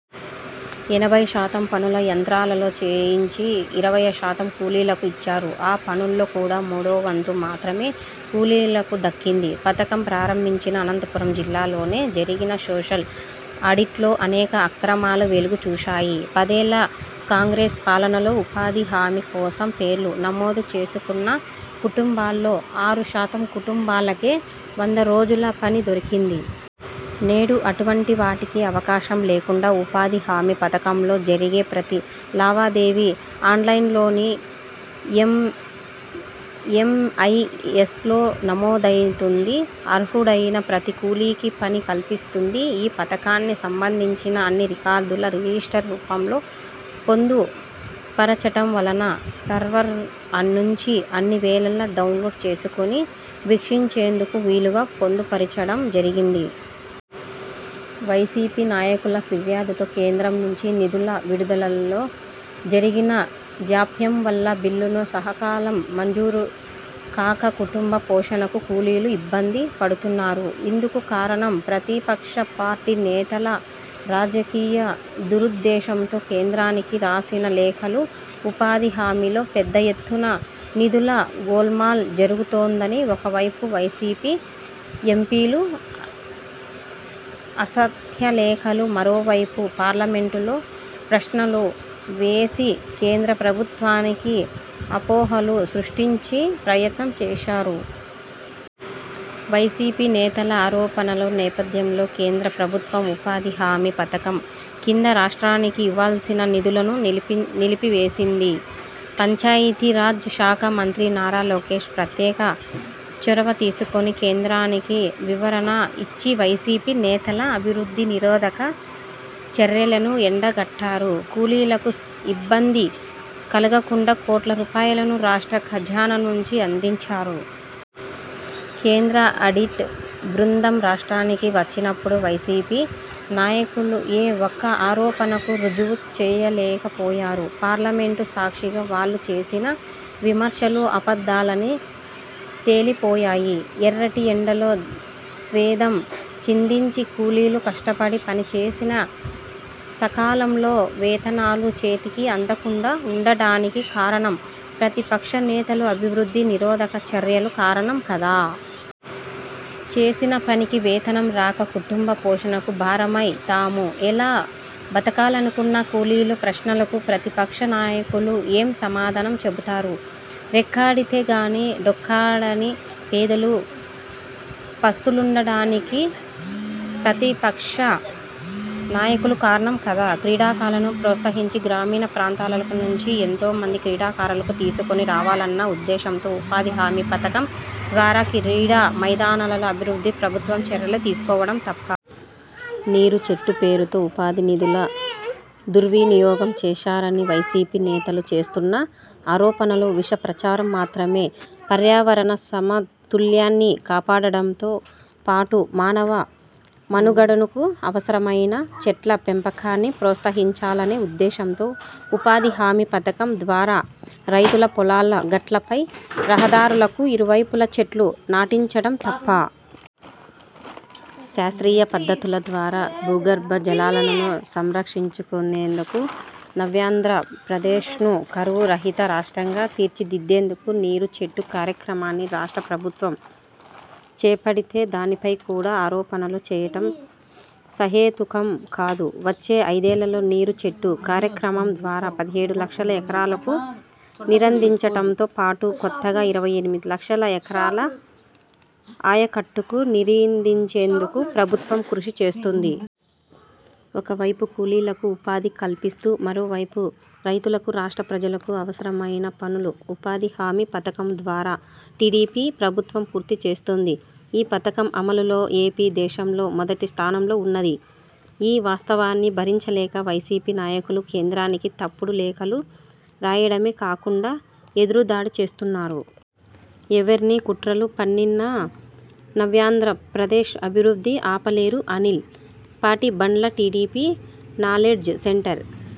ఎనబై శాతం పనులను యంత్రాలతో చేయించి ఇరవై శాతం కూలీలకు ఇచ్చారు. ఆ పనుల్లో కూడా మూడోవంతు మాత్రమే కూలీలకు దక్కింది. పథకం ప్రారంభించిన అనంతపురం జిల్లాలోనే జరిగిన సోషల్ ఆడిట్లో అనేక అక్రమాలు వెలుగుచూశాయి. పదేళ్ల కాంగ్రెస్ పాలనలో ఉపాధి హామీ కోసం పేర్లు నమోదు చేసుకున్న కుటుంబాల్లో ఆరు శాతం కుటుంబాలకే వంద రోజుల పని దొరికింది. నేడు అటువంటి వాటికి అవకాశం లేకుండా ఉపాధి హామీ పథకంలో జరిగే ప్రతి లావాదేవీ ఆన్లైన్లోని ఏం ఎంఐఎస్లో నమోదౌతుంది. అర్హుడైన ప్రతి కూలికి పని కల్పిస్తుంది. ఈ పథకానికి సంబంధించిన అన్ని రికార్డులు రిజిష్టర్ రూపంలో పొందుపరచటం వలన, సర్వర్ నుంచి అన్ని వేళలా డౌన్లౌడ్ చేసుకొని వీక్షించేందుకు వీలుగా పొందుపరచడం జరిగింది. వైసీపీ నాయకుల ఫిర్యాదుతో కేంద్రం నుంచి నిధుల విడుదలలో జరిగిన జాప్యం వల్ల బిల్లులు సకాలంలో మంజూరుకాక కుటుంబ పోషణకు కూలీలు ఇబ్బంది పడుతున్నారు. ఇందుకు కారణం ప్రతిపక్షపార్టీ నేతలు రాజకీయ దురుద్దేశంతో కేంద్రానికి రాసిన లేఖలే. ఉపాధి హామీలో పెద్ద ఎత్తున నిధుల గోల్మాల్ జరుగుతోందని ఒకవైపు వైసీపీ ఎంపీలు అసత్యలేఖలు, మరోవైపు పార్లమెంటులో ప్రశ్నలు వేసి, కేంద్ర ప్రభుత్వానికి అపోహలు సృష్టించే ప్రయత్నం చేశారు. వైసీపీ నేతల ఆరోపణల నేపథ్యంలో కేంద్ర ప్రభుత్వం ఉపాధి హామీ పథకం కింద రాష్ట్రానికి ఇవ్వాల్సిన నిధులను నిలిపి నిలిపివేసింది. పంచాయతీరాజ్ శాఖ మంత్రి నారా లోకేశ్ ప్రత్యేక చొరవ తీసుకొని కేంద్రానికి వివరణ ఇచ్చి వైసీపీ నేతల అభివృద్ధి నిరోధక చర్యలను ఎండగట్టారు. కూలీలకు ఇబ్బంది కలుగకుండా కోట్ల రూపాయలను రాష్ట్ర ఖజానా నుంచి అందించారు. కేంద్ర ఆడిట్ బృందం రాష్ట్రానికి వచ్చినప్పుడు వైసీపీ నాయకులు ఏ ఒక్క ఆరోపణను రుజువు చేయలేకపోయారు. పార్లమెంటు సాక్షిగా వాళ్లు చేసిన విమర్శలు అబద్ధాలని తేలిపోయాయి. ఎర్రటి ఎండలో స్వేదం చిందించి కూలీలు కష్టపడి పనిచేసినా సకాలంలో వేతనాలు చేతికి అందకుండా ఉండానికి కారణం ప్రతిపక్ష నేతల అభివృద్ధి నిరోధక చర్యలు కారణం కాదా? చేసిన పనికి వేతనం రాక, కుటుంబ పోషణ భారమై, తాము ఎలా బతకాలన్న కూలీల ప్రశ్నలకు ప్రతిపక్ష నాయకులు ఏం సమాధానం చెబుతారు? రెక్కాడితే గానీ డొక్కాడని పేదలు పస్తులుండడానికి ప్రతిపక్ష నాయకులు కారణం కాదా? క్రీడలను ప్రోత్సహించి గ్రామీణ ప్రాంతాల నుంచి ఎంతో మంది క్రీడాకారులను తీసుకొని రావాలన్న ఉద్దేశంతో ఉపాధి హామీ పథకం ద్వారా క్రీడా మైదానాల అభివృద్ధికి ప్రభుత్వం చర్యలు తీసుకోవటం తప్పా? నీరు–చెట్టు పేరుతో ఉపాధి నిధులు దుర్వినియోగం చేశారని వైసీపీ నేతలు చేస్తున్న ఆరోపణలు విష ప్రచారం మాత్రమే. పర్యావరణ సమతుల్యాన్ని కాపాడడంతో పాటు మానవ మనుగడకు అవసరమైన చెట్ల పెంపకాన్ని ప్రోత్సహించాలనే ఉద్దేశంతో ఉపాధి హామీ పథకం ద్వారా రైతుల పొలాల గట్లపై, రహదారులకు ఇరువైపుల చెట్లు నాటించటం తప్పా? శాస్త్రీయ పద్ధతుల ద్వారా భూగర్భ జలాలను సంరక్షించేందుకు నవ్యాంధ్రప్రదేశ్ను కరువు రహిత రాష్ట్రంగా తీర్చిదిద్దేందుకు నీరు చెట్టు కార్యక్రమాన్ని రాష్ట్ర ప్రభుత్వం చేపడితే దానిపై కూడా ఆరోపణలు చేయటం సహేతుకం కాదు. వచ్చే ఐదేళ్లలో నీరు చెట్టు కార్యక్రమం ద్వారా పదిహేడు లక్షల ఎకరాలకు నీరందించటంతో పాటు కొత్తగా ఇరవై ఎనిమిది లక్షల ఎకరాల ఆయకట్టుకు నీరందించేందుకు ప్రభుత్వం కృషి చేస్తోంది. ఒక వైపు కూలీలకు ఉపాధి కల్పిస్తూ మరోవైపు రైతులకు, రాష్ట్ర ప్రజలకు అవసరమైన పనులు ఉపాధిహామీ పథకం ద్వారా టీడీపీ ప్రభుత్వం పూర్తి చేస్తోంది. ఈ పథకం అమలులో ఏపీ దేశంలో మొదటి స్థానంలో ఉన్నది. ఈ వాస్తవాన్ని భరించలేక వైసీపీ నాయకులు కేంద్రానికి తప్పుడు లేఖలు రాయడమే కాకుండా ఎదురుదాడి చేస్తున్నారు. ఎవరెన్ని కుట్రలు పన్నినా నవ్యాంధ్రప్రదేశ్ అభివృద్ధిని ఆపలేరు. Anil Patibandla TDP knowledge centre.